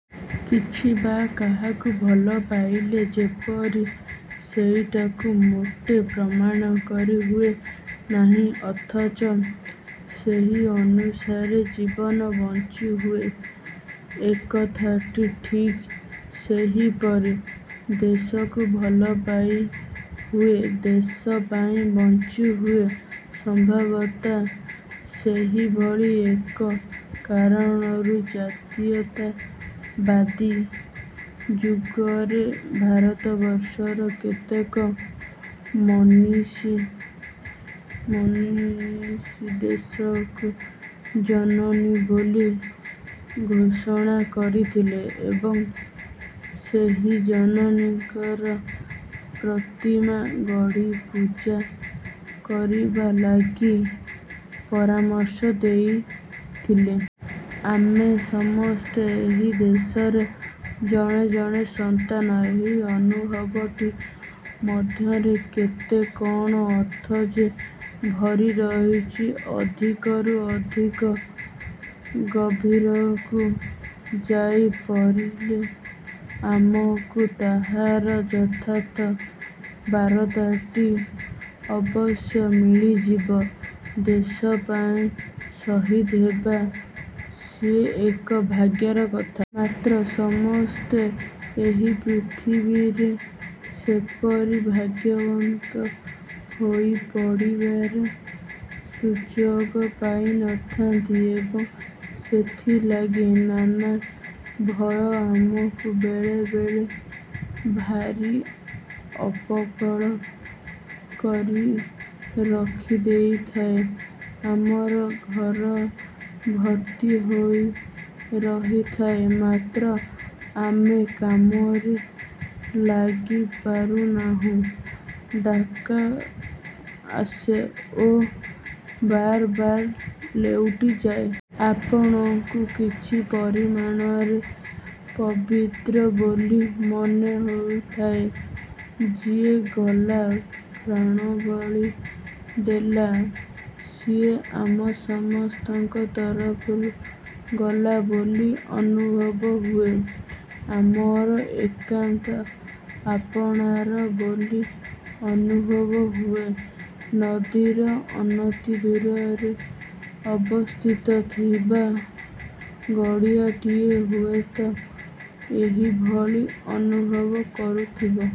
କିଛି ବା କାହାକୁ ଭଲ ପାଇଲେ ଯେପରି ସେଇଟାକୁ ମୋଟେ ପ୍ରମାଣ କରିହୁଏ ନାହିଁ ଅଥଚ ସେହି ଅନୁସାରେ ଜୀବନ ବଞ୍ଚିହୁଏ ଏକଥାଟି ଠିକ୍ ସେହିପରି। ଦେଶକୁ ଭଲ ପାଇହୁଏ ଦେଶ ପାଇଁ ବଞ୍ଚିହୁଏ। ସମ୍ଭବତା ସେହିଭଳି ଏକ କାରଣରୁ ଜାତୀୟତାବାଦୀ ଯୁଗରେ ଭାରତବର୍ଷର କେତେକ ମନୀଷୀ ମନୀଷୀ ଦେଶକୁ ଜନନୀ ବୋଲି ଘୋଷଣା କରିଥିଲେ ଏବଂ ସେହି ଜନନୀଙ୍କର ପ୍ରତିମା ଗଢ଼ି ପୂଜା କରିବା ଲାଗି ପରାମର୍ଶ ଦେଇଥିଲେ। ଆମେ ସମସ୍ତେ ଏହି ଦେଶର ଜଣେ ଜଣେ ସନ୍ତାନ ଏହି ଅନୁଭବଟି ମଧ୍ୟରେ କେତେ କଣ ଅର୍ଥ ଯେ ଭରି ରହିଛି ଅଧିକ ରୁ ଅଧିକ ଗଭୀରକୁ ଯାଇ ପରିଲେ ଆମକୁ ତାହାର ଯଥାର୍ଥ ବାରତାଟି ଅବଶ୍ୟ ମିଳିଯିବ। ଦେଶ ପାଇଁ ସହିଦ ହେବା ସିଏ ଏକ ଭାଗ୍ୟର କଥା। ମାତ୍ର ସମସ୍ତେ ଏହି ପୃଥିବୀରେ ସେପରି ଭାଗ୍ୟବନ୍ତ ହୋଇ ବଢ଼ିବାର ସୁଯୋଗ ପାଇନଥାନ୍ତି ଏବଂ ସେଥିଲାଗି ନାନା ଭୟ ଆମକୁ ବେଳେବେଳେ ଭାରି ଅପକଳ କରି ରଖିଦେଇଥାଏ। ଆମର ଘର ଭର୍ତ୍ତି ହୋଇ ରହିଥାଏ ମାତ୍ର ଆମେ କାମରେ ଲାଗି ପାରୁନାହୁଁ। ଡାକ ଆସେ ଓ ବାରବାର ଲେଉଟିଯାଏ। ଆପଣକୁ କିଛି ପରିମାଣରେ ପବିତ୍ର ବୋଲି ମନେ ହୋଇଥାଏ। ଯିଏ ଗଲା ପ୍ରାଣବଳି ଦେଲା ସିଏ ଆମ ସମସ୍ତଙ୍କ ତରଫରୁ ଗଲା ବୋଲି ଅନୁଭବ ହୁଏ। ଆମର ଏକାନ୍ତ ଆପଣାର ବୋଲି ଅନୁଭବ ହୁଏ। ନଦୀର ଅନତିଦୂରରେ ଅବସ୍ଥିତ ଥିବା ଗଡ଼ିଆଟିଏ ହୁଏତ ଏହିଭଳି ଅନୁଭବ କରୁଥିବ।